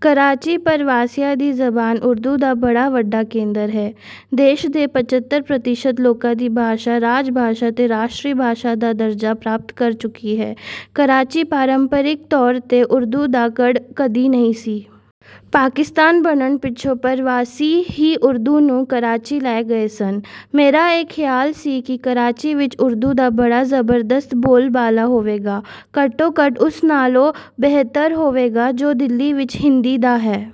ਕਰਾਚੀ ਪਰਵਾਸੀਆਂ ਦੀ ਜ਼ਬਾਨ ਉਰਦੂ ਦਾ ਬੜਾ ਵੱਡਾ ਕੇਂਦਰ ਹੈ। ਦੇਸ਼ ਦੇ ਪਚੱਤਰ ਪ੍ਰਤੀਸ਼ਤ ਲੋਕਾਂ ਦੀ ਭਾਸ਼ਾ ਰਾਜਭਾਸ਼ਾ ਤੇ ਰਾਸ਼ਟਰੀ ਭਾਸ਼ਾ ਦਾ ਦਰਜਾ ਪ੍ਰਾਪਤ ਕਰ ਚੁੱਕੀ ਹੈ। ਕਰਾਚੀ ਪਰੰਪਰਿਕ ਤੌਰ ਤੇ ਉਰਦੂ ਦਾ ਗੜ੍ਹ ਕਦੀ ਨਹੀਂ ਸੀ। ਪਾਕਿਸਤਾਨ ਬਣਨ ਪਿੱਛੋਂ ਪਰਵਾਸੀ ਹੀ ਉਰਦੂ ਨੂੰ ਕਰਾਚੀ ਲੈ ਗਏ ਸਨ। ਮੇਰਾ ਇਹ ਖ਼ਿਆਲ ਸੀ ਕਿ ਕਰਾਚੀ ਵਿਚ ਉਰਦੂ ਦਾ ਬੜਾ ਜ਼ਬਰਦਸਤ ਬੋਲਬਾਲਾ ਹੋਵੇਗਾ, ਘੱਟੋ-ਘੱਟ ਉਸ ਨਾਲੋਂ ਬਿਹਤਰ ਹੋਵੇਗਾ ਜੋ ਦਿੱਲੀ ਵਿਚ ਹਿੰਦੀ ਦਾ ਹੈ।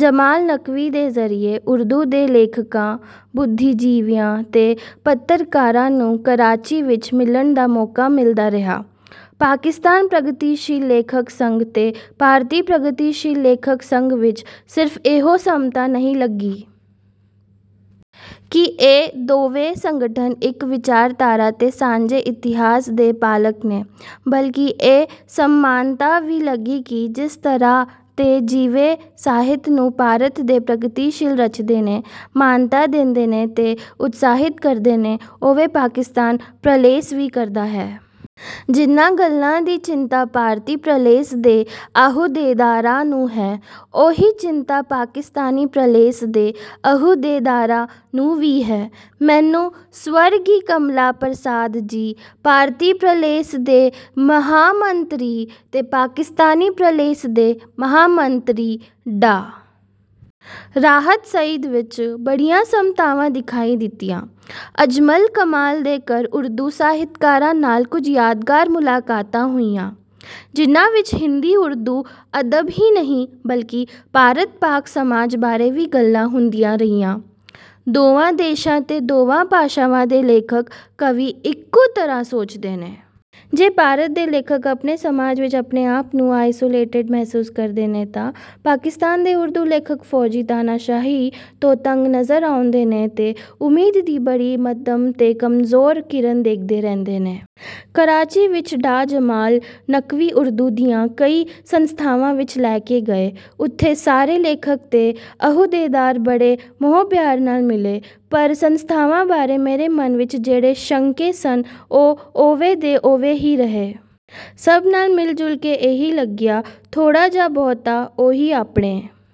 ਜਮਾਲ ਨਕਵੀ ਦੇ ਜ਼ਰੀਏ ਉਰਦੂ ਦੇ ਲੇਖਕਾਂ, ਬੁੱਧੀਜੀਵੀਆਂ ਤੇ ਪੱਤਰਕਾਰਾਂ ਨੂੰ ਕਰਾਚੀ ਵਿਚ ਮਿਲਣ ਦਾ ਮੌਕਾ ਮਿਲਦਾ ਰਿਹਾ। ਪਾਕਿਸਤਾਨ ਪ੍ਰਗਤੀਸ਼ੀਲ ਲੇਖਕ ਸੰਘ ਤੇ ਭਾਰਤੀ ਪ੍ਰਗਤੀਸ਼ੀਲ ਲੇਖਕ ਸੰਘ ਵਿਚ ਸਿਰਫ਼ ਇਹੋ ਸਮਤਾ ਨਹੀਂ ਲੱਗੀ ਕਿ ਇਹ ਦੋਵੇਂ ਸੰਗਠਨ ਇਕ ਵਿਚਾਰਧਾਰਾ ਤੇ ਸਾਂਝੇ ਇਤਿਹਾਸ ਦੇ ਪਾਲਕ ਨੇ, ਬਲਕਿ ਇਹ ਸਮਾਨਤਾ ਵੀ ਲੱਗੀ ਕਿ ਜਿਸ ਤਰ੍ਹਾਂ ਤੇ ਜਿਵੇਂ ਸਾਹਿਤ ਨੂੰ ਭਾਰਤ ਦੇ ਪ੍ਰਗਤੀਸ਼ੀਲ ਰਚਦੇ ਨੇ, ਮਾਨਤਾ ਦੇਂਦੇ ਨੇ ਤੇ ਉਤਸਾਹਿਤ ਕਰਦੇ ਨੇ, ਓਵੇਂ ਪਾਕਿਸਤਾਨ 'ਪ੍ਰਲੇਸ' ਵੀ ਕਰਦਾ ਹੈ। ਜਿਨ੍ਹਾਂ ਗੱਲਾਂ ਦੀ ਚਿੰਤਾ ਭਾਰਤੀ 'ਪ੍ਰਲੇਸ' ਦੇ ਅਹੁਦੇਦਾਰਾਂ ਨੂੰ ਹੈ, ਉਹੀ ਚਿੰਤਾ ਪਾਕਿਸਤਾਨੀ ਪ੍ਰਲੇਸ ਦੇ ਅਹੁਦੇਦਾਰਾਂ ਨੂੰ ਵੀ ਹੈ। ਮੈਨੂੰ ਸਵਰਗੀ ਕਮਲਾ ਪਰਸਾਦ ਜੀ, ਭਾਰਤੀ ਪ੍ਰਲੇਸ ਦੇ ਮਹਾਮੰਤਰੀ, ਤੇ ਪਾਕਿਸਤਾਨੀ ਪ੍ਰਲੇਸ ਦੇ ਮਹਾਮੰਤਰੀ ਡਾ. ਰਾਹਤ ਸਈਦ ਵਿਚ ਬੜੀਆਂ ਸਮਤਾਵਾਂ ਦਿਖਾਈ ਦਿੱਤੀਆਂ। ਅਜਮਲ ਕਮਾਲ ਦੇ ਘਰ ਉਰਦੂ ਸਾਹਿਤਕਾਰਾਂ ਨਾਲ ਕੁਝ ਯਾਦਗਾਰ ਮੁਲਾਕਾਤਾਂ ਹੋਈਆਂ, ਜਿਨ੍ਹਾਂ ਵਿਚ ਹਿੰਦੀ-ਉਰਦੂ ਅਦਬ ਹੀ ਨਹੀਂ, ਬਲਕਿ ਭਾਰਤ-ਪਾਕ ਸਮਾਜ ਬਾਰੇ ਵੀ ਗੱਲਾਂ ਹੁੰਦੀਆਂ ਰਹੀਆਂ। ਦੋਵਾਂ ਦੇਸ਼ਾਂ ਤੇ ਦੋਵਾਂ ਭਾਸ਼ਾਵਾਂ ਦੇ ਲੇਖਕ, ਕਵੀ ਇਕੋ ਤਰ੍ਹਾਂ ਸੋਚਦੇ ਨੇ। ਜੇ ਭਾਰਤ ਦੇ ਲੇਖਕ ਆਪਣੇ ਸਮਾਜ ਵਿਚ ਆਪਣੇ ਆਪ ਨੂੰ 'ਆਈਸੋਲੇਟੇਡ' ਮਹਿਸੂਸ ਕਰਦੇ ਨੇ ਤਾਂ ਪਾਕਿਸਤਾਨ ਦੇ ਉਰਦੂ ਲੇਖਕ ਫੌਜੀ ਤਾਨਾਸ਼ਾਹੀ ਤੋਂ ਤੰਗ ਨਜ਼ਰ ਆਉਂਦੇ ਨੇ ਤੇ ਉਮੀਦ ਦੀ ਬੜੀ ਮੱਧਮ ਤੇ ਕਮਜ਼ੋਰ ਕਿਰਨ ਦੇਖਦੇ ਰਹਿੰਦੇ ਨੇ। ਕਰਾਚੀ ਵਿਚ ਡਾ. ਜਮਾਲ ਨਕਵੀ ਉਰਦੂ ਦੀਆਂ ਕਈ ਸੰਸਥਾਵਾਂ ਵਿਚ ਲੈ ਕੇ ਗਏ। ਉੱਥੇ ਸਾਰੇ ਲੇਖਕ ਤੇ ਅਹੁਦੇਦਾਰ ਬੜੇ ਮੋਹ-ਪਿਆਰ ਨਾਲ ਮਿਲੇ, ਪਰ ਸੰਸਥਾਵਾਂ ਬਾਰੇ ਮੇਰੇ ਮਨ ਵਿਚ ਜਿਹੜੇ ਸ਼ੰਕੇ ਸਨ, ਉਹ ਓਵੇਂ ਦੇ ਓਵੇਂ ਹੀ ਰਹੇ। ਸਭ ਨਾਲ ਮਿਲ-ਜੁਲ ਕੇ ਇਹੀ ਲੱਗਿਆ, ਥੋੜ੍ਹਾ ਜਾਂ ਬਹੁਤਾ ਉਹੀ ਆਪਣੇ...